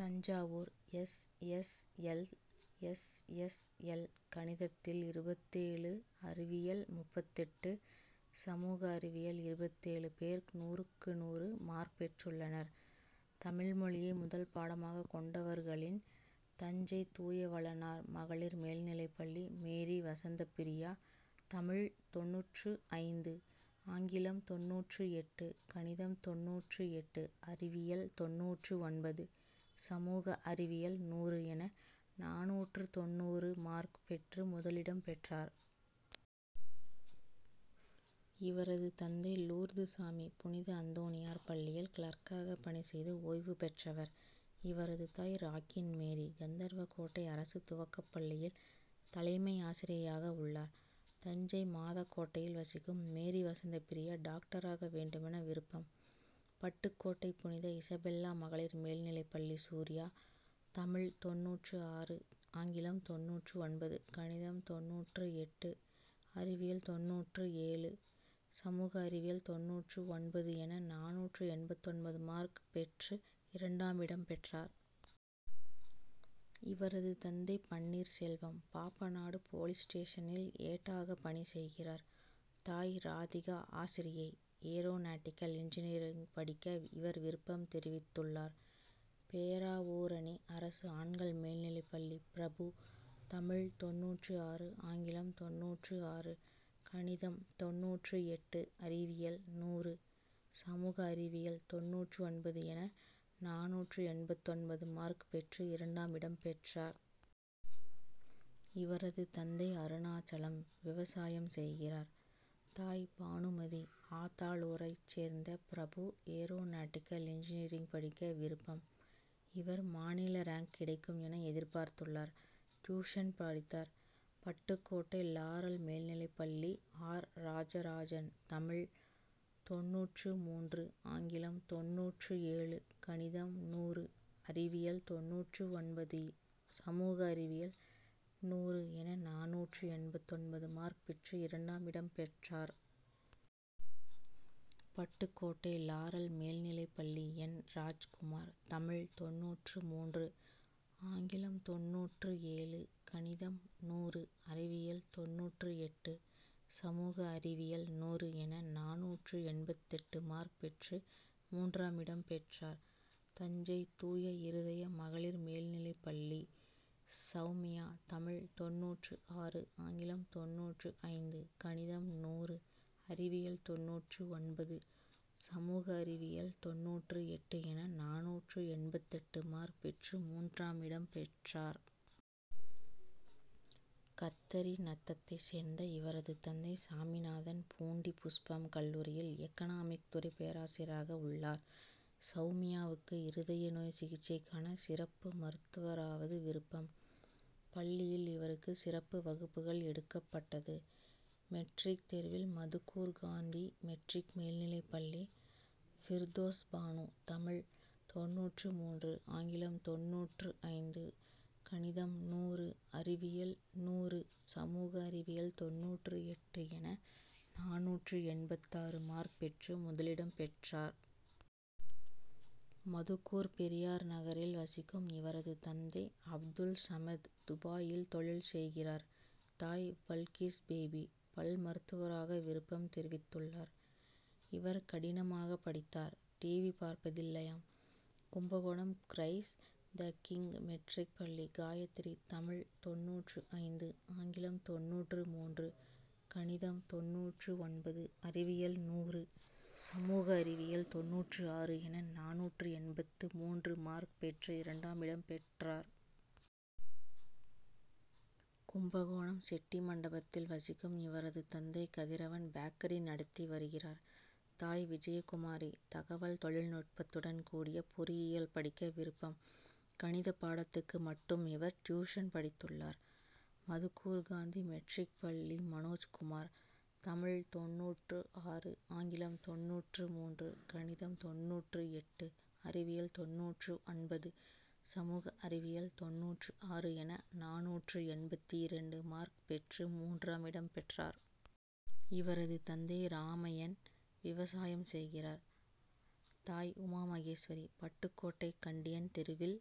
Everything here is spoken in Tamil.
Thanjavur: S. S. L. S. S. L. கணிதத்தில் இருபத்தேழு, அறிவியல் முப்பத்தெட்டு, சமூக அறிவியல் இருபத்தேழு பேர் நூறுக்கு நூறு மார்க் பெற்றுள்ளனர். தமிழ் மொழியை முதல் பாடமாக கொண்டவர்களின், தஞ்சை தூயவளனார் மகளிர் மேல்நிலைப்பள்ளி மேரிவசந்தப்பிரியா தமிழ் தொண்ணூற்று ஐந்து, ஆங்கிலம் தொண்ணூற்று எட்டு, கணிதம் தொண்ணூற்று எட்டு, அறிவியல் தொண்ணூற்று ஒன்பது, சமூக அறிவியல் நூறு என நானூற்று தொண்ணூறு மார்க் பெற்று முதலிடம் பெற்றார். இவரது தந்தை லூர்துசாமி புனித அந்தோணியார் பள்ளியில் கிளர்க்காக பணி செய்து ஓய்வு பெற்றவர். இவரது தாய் ராக்கின்மேரி கந்தர்வக்கோட்டை அரசு துவக்கப்பள்ளியில் தலைமை ஆசிரியையாக உள்ளார். தஞ்சை மாதாக்கோட்டையில் வசிக்கும் மேரிவசந்தப்பிரியா டாக்டராக வேண்டுமென விருப்பம். பட்டுக்கோட்டை புனித இசபெல்லா மகளிர் மேல்நிலைப்பள்ளி சூரியா தமிழ் தொண்ணூற்று ஆறு, ஆங்கிலம் தொண்ணூற்று ஒன்பது, கணிதம் தொண்ணூற்று எட்டு, அறிவியல் தொண்ணூற்று ஏழு, சமூக அறிவியல் தொண்ணூற்று ஒன்பது என நானூற்று எண்பத்தொன்பது மார்க் பெற்று இரண்டாமிடம் பெற்றார். இவரது தந்தை பன்னீர்செல்வம் பாப்பநாடு போலீஸ் ஸ்டேஷனில் ஏட்டாக பணி செய்கிறார். தாய் ராதிகா ஆசிரியை. ஏரோநாடிக்கல் இன்ஜினியரிங் படிக்க இவர் விருப்பம் தெரிவித்துள்ளார். பேராவூரணி அரசு ஆண்கள் மேல்நிலைப்பள்ளி பிரபு தமிழ் தொண்ணூற்று ஆறு, ஆங்கிலம் தொண்ணூற்று ஆறு, கணிதம் தொண்ணூற்று எட்டு, அறிவியல் நூறு, சமூக அறிவியல் தொண்ணூற்று ஒன்பது என நானூற்று எண்பத்தொன்பது மார்க் பெற்று இரண்டாமிடம் பெற்றார். இவரது தந்தை அருணாசலம் விவசாயம் செய்கிறார். தாய் பானுமதி. ஆத்தாளூரைச் சேர்ந்த பிரபு ஏரோநாடிக்கல் இன்ஜினியரிங் படிக்க விருப்பம். இவர் மாநில ரேங்க் கிடைக்கும் என எதிர்பார்த்துள்ளார். டியூஷன் படித்தார். பட்டுக்கோட்டை லாரல் மேல்நிலைப்பள்ளி ஆர். ராஜராஜன் தமிழ் தொண்ணூற்று மூன்று, ஆங்கிலம் தொண்ணூற்று ஏழு, கணிதம் நூறு, அறிவியல் தொண்ணூற்று ஒன்பது, சமூக அறிவியல் நூறு என நானூற்று எண்பத்தொன்பது மார்க் பெற்று இரண்டாமிடம் பெற்றார். பட்டுக்கோட்டை லாரல் மேல்நிலைப்பள்ளி என். ராஜ்குமார் தமிழ் தொண்ணூற்று மூன்று, ஆங்கிலம் தொண்ணூற்று ஏழு, கணிதம் நூறு, அறிவியல் தொண்ணூற்று எட்டு, சமூக அறிவியல் நூறு என நானூற்று எண்பத்தெட்டு மார்க் பெற்று மூன்றாமிடம் பெற்றார். தஞ்சை தூய இருதய மகளிர் மேல்நிலைப்பள்ளி சௌமியா தமிழ் தொண்ணூற்று ஆறு, ஆங்கிலம் தொண்ணூற்று ஐந்து, கணிதம் நூறு, அறிவியல் தொண்ணூற்று ஒன்பது, சமூக அறிவியல் தொண்ணூற்று எட்டு என நானூற்று எண்பத்தெட்டு மார்க் பெற்று மூன்றாமிடம் பெற்றார். கத்தரிநத்தத்தை சேர்ந்த இவரது தந்தை சாமிநாதன் பூண்டி புஷ்பம் கல்லூரியில் எக்கனாமிக் துறை பேராசிரியராக உள்ளார். சௌமியாவுக்கு இருதய நோய் சிகிச்சைக்கான சிறப்பு மருத்துவராவது விருப்பம். பள்ளியில் இவருக்கு சிறப்பு வகுப்புகள் எடுக்கப்பட்டது. மெட்ரிக் தேர்வில் மதுக்கூர் காந்தி மெட்ரிக் மேல்நிலைப்பள்ளி பிர்தோஸ்பானு தமிழ் தொண்ணூற்று மூன்று, ஆங்கிலம் தொண்ணூற்று ஐந்து, கணிதம் நூறு, அறிவியல் நூறு, சமூக அறிவியல் தொண்ணூற்று எட்டு என நானூற்று எண்பத்தாறு மார்க் பெற்று முதலிடம் பெற்றார். மதுக்கூர் பெரியார் நகரில் வசிக்கும் இவரது தந்தை அப்துல்சமது துபாயில் தொழில் செய்கிறார். தாய் பல்கீஸ்பேபி. பல் மருத்துவராக விருப்பம் தெரிவித்துள்ளார். இவர் கடினமாக படித்தார். டிவி பார்ப்பதில்லையாம். Kumbakonam Christ the King matric பள்ளி காயத்ரி தமிழ் தொண்ணூற்று ஐந்து, ஆங்கிலம் தொண்ணூற்று மூன்று, கணிதம் தொண்ணூற்று ஒன்பது, அறிவியல் நூறு, சமூக அறிவியல் தொண்ணூற்று ஆறு என நானூற்று எண்பத்து மூன்று மார்க் பெற்று இரண்டாமிடம் பெற்றார். கும்பகோணம் செட்டிமண்டபத்தில் வசிக்கும் இவரது தந்தை கதிரவன் பேக்கரி நடத்தி வருகிறார். தாய் விஜயகுமாரி. தகவல் தொழில் நுட்பத்துடன் கூடிய பொறியியல் படிக்க விருப்பம். கணித பாடத்துக்கு மட்டும் இவர் டியூஷன் படித்துள்ளார். மதுக்கூர் காந்தி மெட்ரிக் பள்ளி மனோஜ்குமார் தமிழ் தொண்ணூற்று ஆறு, ஆங்கிலம் தொண்ணூற்று மூன்று, கணிதம் தொண்ணூற்று எட்டு, அறிவியல் தொண்ணூற்று ஒன்பது, சமூக அறிவியல் தொண்ணூற்று ஆறு என நானூற்று எண்பத்திரண்டு மார்க் பெற்று மூன்றாமிடம் பெற்றார். இவரது தந்தை ராமையன் விவசாயம் செய்கிறார். தாய் உமாமகேஸ்வரி. பட்டுக்கோட்டை கண்டியன் தெருவில்